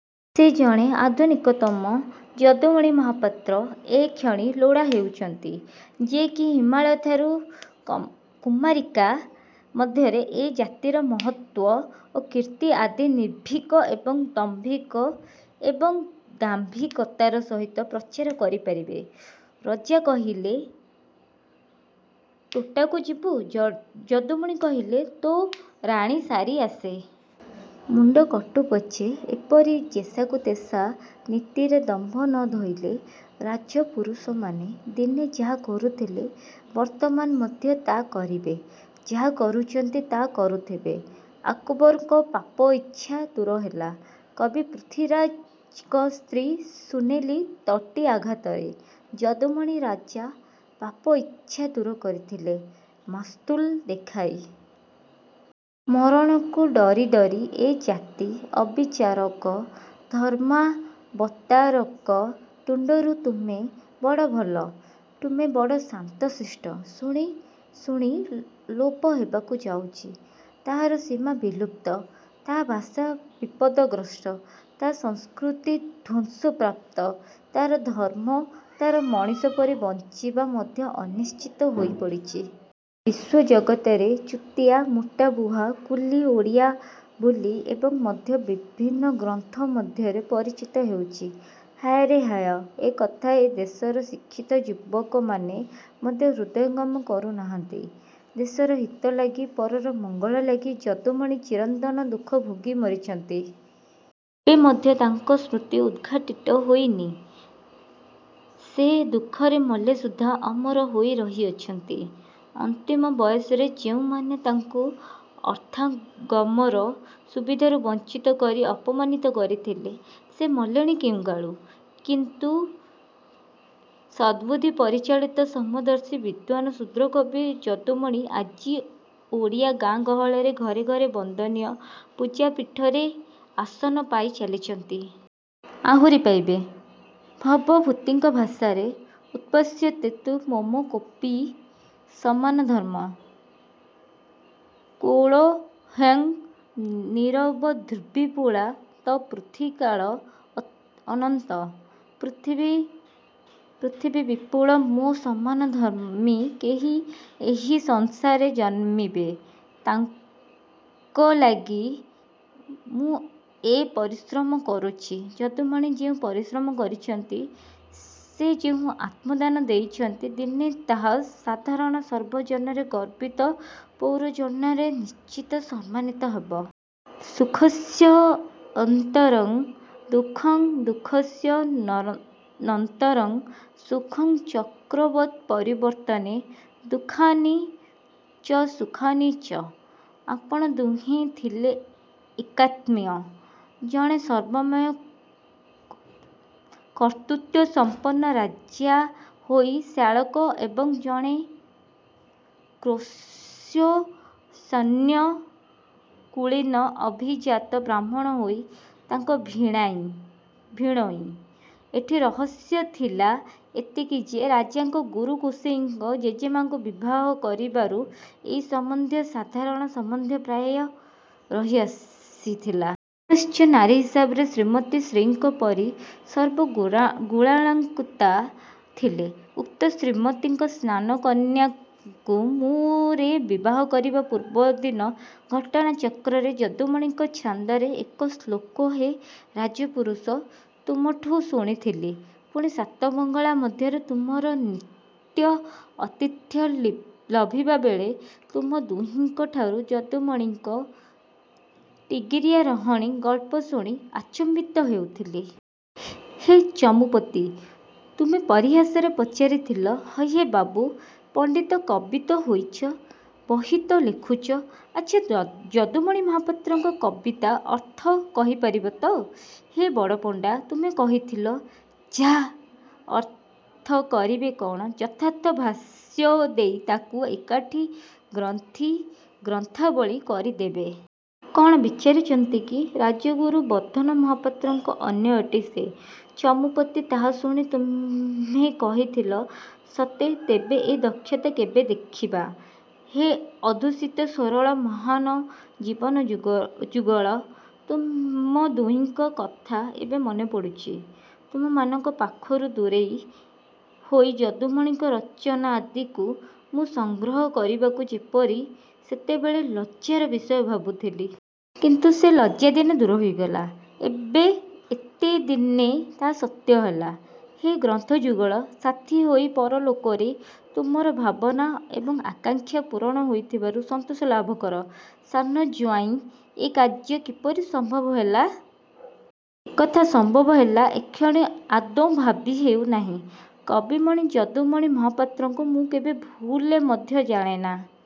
ଯେ ଜଣେ ଆଧୁନିକତମ ଯଦୁମଣି ମହାପାତ୍ର ଏକ୍ଷଣି ଲୋଡ଼ା ହେଉଛନ୍ତି-ଯେ କି ହିମାଳୟଠାରୁ କୁମାରିକା ମଧ୍ୟରେ ଏ ଜାତିର ମହତ୍ୱ ଓ କୀର୍ତ୍ତି ଆଦି ନିର୍ଭୀକ ଏବଂ ଦମ୍ଭୀକ ଏବଂ ଦାମ୍ଭୀକତାର ସହିତ ପ୍ରଚାର କରିପାରିବେ। ରଜା କହିଲେ 'ତୋ' ଟାକୁ ଯିବୁ-ଯଦୁମଣି କହିଥିଲେ-'ତୋ ରାଣୀ' ସାରି ଆସେ। ମୁଣ୍ଡ କଟୁପଛେ ଏପରି ଯେସାକୁ ତେସା ନୀତିରେ ଦମ୍ଭ ନ ଧଇଲେ, ରାଜପୁରୁଷମାନେ ଦିନେ ଯାହା କରୁଥିଲେ ବର୍ତ୍ତମାନ ମଧ୍ୟ ତା କରିବେ। ଯାହା କରୁଛନ୍ତି ତା କରୁଥିବେ। ଆକବରଙ୍କ ପାପ ଇଚ୍ଛା ଦୂରହେଲା, କବି ପୃଥ୍ୱୀରାଜଙ୍କ ସ୍ତ୍ରୀଙ୍କ ସୁନେଲି ତଟି ଆଘାତରେ। ଯଦୁମଣି ରାଜା ପାପ ଇଚ୍ଛା ଦୂର କରିଥିଲେ- ମାସ୍ତୁଲ ଦେଖାଇ। ମରଣକୁ ଡରି ଡରି ଏ ଜାତି ଅବିଚାରକ ଧର୍ମାବତାରଙ୍କ ତୁଣ୍ଡରୁ 'ତୁମେ ବଡ଼ ଭଲ, ତୁମେ ବଡ଼ ଶାନ୍ତ ଶିଷ୍ଟ' ଶୁଣି ଶୁଣି ଲୋପ ହେବାକୁ ଯାଉଛି। ତାର ସୀମା ବିଲୁପ୍ତ, ତାର ଭାଷା ବିପଦଗ୍ରସ୍ତ, ତାର ସଂସ୍କୃତି ଧ୍ୱଂସପ୍ରାପ୍ତ, ତାର ଧର୍ମ୍ମ, ତାର ମଣିଷ ପରି ବଞ୍ଚିବା ମଧ୍ୟ ଅନିଶ୍ଚିତ ହୋଇପଡ଼ିଛି। ସେ ବିଶ୍ୱଜଗତରେ ଚୁଟିଆ, ମୋଟବୁହା, କୁଲି ଓଡ଼ିଆ ବୋଲି ଏବେ ମଧ୍ୟ ବିଭିନ୍ନ ଗ୍ରନ୍ଥ ମଧ୍ୟରେ ପରିଚିତ ହେଉଛି। ହାୟରେ ହାୟ, ଏ କଥା ଏ ଦେଶର ଶିକ୍ଷତ ଯୁବକମାନେ ମଧ୍ୟ ହୃଦୟଙ୍ଗମ କରୁନାହାନ୍ତି-। ଦେଶର ହିତ ଲାଗି, ପରର ମଙ୍ଗଳ ଲାଗି ଯଦୁମଣି ଚିରଦିନ ଦୁଃଖ ଭୋଗି ମରିଛନ୍ତି-। ଏବେ ମଧ୍ୟ ତାଙ୍କ ସ୍କୃତି ଉଦ୍ଘାଟିତ ହୋଇନି। ସେ ଦୁଃଖରେ ମଲେ ସୁଦ୍ଧା ଅମର ହୋଇ ରହିଅଛନ୍ତି। ଅନ୍ତିମ ବୟସରେ ଯେଉଁମାନେ ତାଙ୍କୁ ଅର୍ଥାଗମର ସୁବିଧାରୁ ବଞ୍ଚିତ କରି ଅପମାନିତ କରିଥିଲେ, ସେ ମଲେଣି କେଉଁକାଳୁ, କିନ୍ତୁ ସଦ୍ବୁଦ୍ଧି ପରିଚାଳିତ ସମଦର୍ଶୀ ବିଦ୍ୱାନ ଶୁଦ୍ରକବି ଯଦୁମଣି ଆଜି ଓଡ଼ିଆ ଗାଁ ଗହଳରେ ଘରେ ଘରେ ବନ୍ଦନୀୟ ପୂଜାପୀଠରେ ଆସନ ପାଇ ଚାଲିଛନ୍ତି। ଆହୁରି ପାଇବେ। ଭବଭୂତିଙ୍କ ଭାଷାରେ- ଉପତ୍ସ୍ୟତେତୁ ମମକୋପି ସମାନ ଧର୍ମ୍ମ। କାଳୋ ହ୍ୟୟଂ ନିରବଧିର୍ବିପୂଳା ତ ପୃଥ୍ୱୀ କାଳ ଅନନ୍ତ, ପୃଥିବୀ ବିପୁଳ, ମୋ ସମାନ ଧର୍ମ୍ମୀ କେହି ଏହି ସଂସାରରେ ଜନ୍ମିବେ। ତାଙ୍କ ଲାଗି ମୁଁ ଏ ପରିଶ୍ରମ କରୁଛି। ଯଦୁମଣି ଯେଉଁ ପରିଶ୍ରମ କରିଛନ୍ତି, ସେ ଯେଉଁ ଆତ୍ମଦାନ ଦେଇଛନ୍ତି, ଦିନେ ତାହା ସାଧାରଣ ସର୍ବଜନରେ ଗର୍ବିତ ପୌରଜନରେ ନିଶ୍ଚୟ ସମ୍ମାନିତ ହେବ। ସୁଖସ୍ୟାନନ୍ତରଂ ଦୁଃଖଂ ଦୁଃଖସ୍ୟ ନନ୍ତରଂ ସୁଖଂ ଚକ୍ରବତ୍ ପରିବର୍ତ୍ତନେ ଦୁଃଖାନି ଚ ସୁଖାନି ଚ। ଆପଣ ଦୁହେଁ ଥିଲେ ଏକାତ୍ମୀୟ। ଜଣେ ସର୍ବମୟ କର୍ତ୍ତୃତ୍ୱସଂପନ୍ନ ରାଜା ହୋଇ ଶ୍ୟାଳକ ଏବଂ ଜଣେ କୌତ୍ସସାନ୍ୱୟ କୁଳୀନ ଅଭିଜାତ ବ୍ରାହ୍ମଣ ହୋଇ ତାଙ୍କର ଭିଣୋଇଁ। ଏଠି ରହସ୍ୟ ଥିଲା ଏତିକି ଯେ ରାଜାଙ୍କ ଗୁରୁଗୋସେଇଁଙ୍କ ଜେମାଙ୍କୁ ବିବାହକରିବାରୁ ଏହି ସମ୍ବନ୍ଧ ସାଧାରଣ ସମ୍ବନ୍ଧ ପ୍ରାୟ ରହି ଆସିଥିଲା। ପୁନଶ୍ଚ ନାରୀ ହିସାବରେ 'ଶ୍ରୀମତୀ' ଶ୍ରୀଙ୍କ ପରି ସର୍ବଗୁଣାଳଂକୃତା ଥିଲେ। ଉକ୍ତ ଶ୍ରୀମତୀଙ୍କ ସାନ କନ୍ୟାଙ୍କୁ ମୁଁ ରେ ବିବାହ କରିବା ପୂର୍ବଦିନ ଘଟଣାଚକ୍ରରେ ଯଦୁମଣିଙ୍କ ଛାନ୍ଦର ଏକ ଶ୍ଲୋକ ହେ ରାଜପୁରୁଷ! ତୁମଠୁ ଶୁଣିଥିଲି; ପୁଣି ସାତ ମଙ୍ଗଳା ମଧ୍ୟରେ ତୁମର ନିତ୍ୟ ଅତିଥ୍ୟ ଲଭିବାବେଳେ ତୁମ ଦୁହିଁଙ୍କଠାରୁ ଯଦୁମଣିଙ୍କ ତିଗିରିଆ ରହଣି ଗଳ୍ପ ଶୁଣି ଆଚମ୍ବିତ ହେଉଥିଲି। ହେ ଚମୁପତି! ତୁମ୍ଭେ ପରିହାସରେ ପଚାରିଥିଲ- 'ହଇହେ ବାବୁ! ପଣ୍ଡିତ, କବି ତ ହୋଇଛ; ବହି ତ ଲେଖୁଛ, ଆଚ୍ଛା ଯଦୁମଣି ମାହାପତ୍ରଙ୍କ କବିତା ଅର୍ଥ କରିପାରିବତ? ହେ ବଡ଼ପଣ୍ଡା! ତୁମ୍ଭେ କହିଥିଲ-'ଯାଃ, ଅର୍ଥ କରିବେ କ'ଣ, ଯଥାର୍ଥ ଭାଷ୍ୟ ଦେଇ ତାକୁ ଏକାଠି ଗୁନ୍ଥି ଗ୍ରନ୍ଥାବଳୀ କରିଦେବେ। କ'ଣ ବିଚାରିଛନ୍ତି କି? ରାଜଗୁରୁ ବର୍ଦ୍ଧନ ମହାପାତ୍ରଙ୍କ ଅନ୍ୱୟଟି ସେ? ' ଚମୂପତି, ତା'ଶୁଣି ତୁମ୍ଭେ କହିଥିଲ-'ସତେ! ତେବେ ଏ ଦକ୍ଷତା କେବେ ଦେଖିବା? ' ହେ ଅଦୂଷିତ ସରଳ ମହାନ ଜୀବନ ଯୁଗଳ! ତୁମ ଦୁହିଙ୍କ କଥା ଏବେ ମନେ ପଡ଼ୁଛି। ତୁମମାନଙ୍କ ପାଖରୁ ଦୂରେଇ ହୋଇ ଯଦୁମଣିଙ୍କ ରଚନା ଆଦିକୁ ମୁଁ ସଂଗ୍ରହ କରିବାକୁ ଯେପରି ସେତେବେଳେ ଲଜ୍ଜାର ବିଷୟ ଭାବୁଥିଲି। କିନ୍ତୁ ସେ ଲଜ୍ଜା ଦିନେ ଦୂର ହୋଇଗଲା। ଏବେ ଏତେ ଦିନେ ତା ସତ୍ୟ ହେଲା। ହେ ଗ୍ରନ୍ଥ ଯୁଗଳ! ସାଥି ହୋଇ ପରଲୋକରେ ତୁମର ଭାବନା ଏବଂ ଆକାଙ୍କ୍ଷା ପୂରଣ ହୋଇଥିବାରୁ ସନ୍ତୋଷ ଲାଭ କର। ସାନ ଜୁଆଁଇ ଏ କାର୍ଯ୍ୟ କିପରି ସମ୍ଭବ ହେଲା? ଏକଥା କିପରି ସମ୍ଭବ ହେଲା, ଏକ୍ଷଣି ଆଦୌ ଭାବି ହେଉ ନାହିଁ। କବିମଣି ଯଦୁମଣି ମହାପାତ୍ରଙ୍କୁ ମୁଁ କେବେ ଭୁଲରେ ମଧ୍ୟ ଜାଣେନା।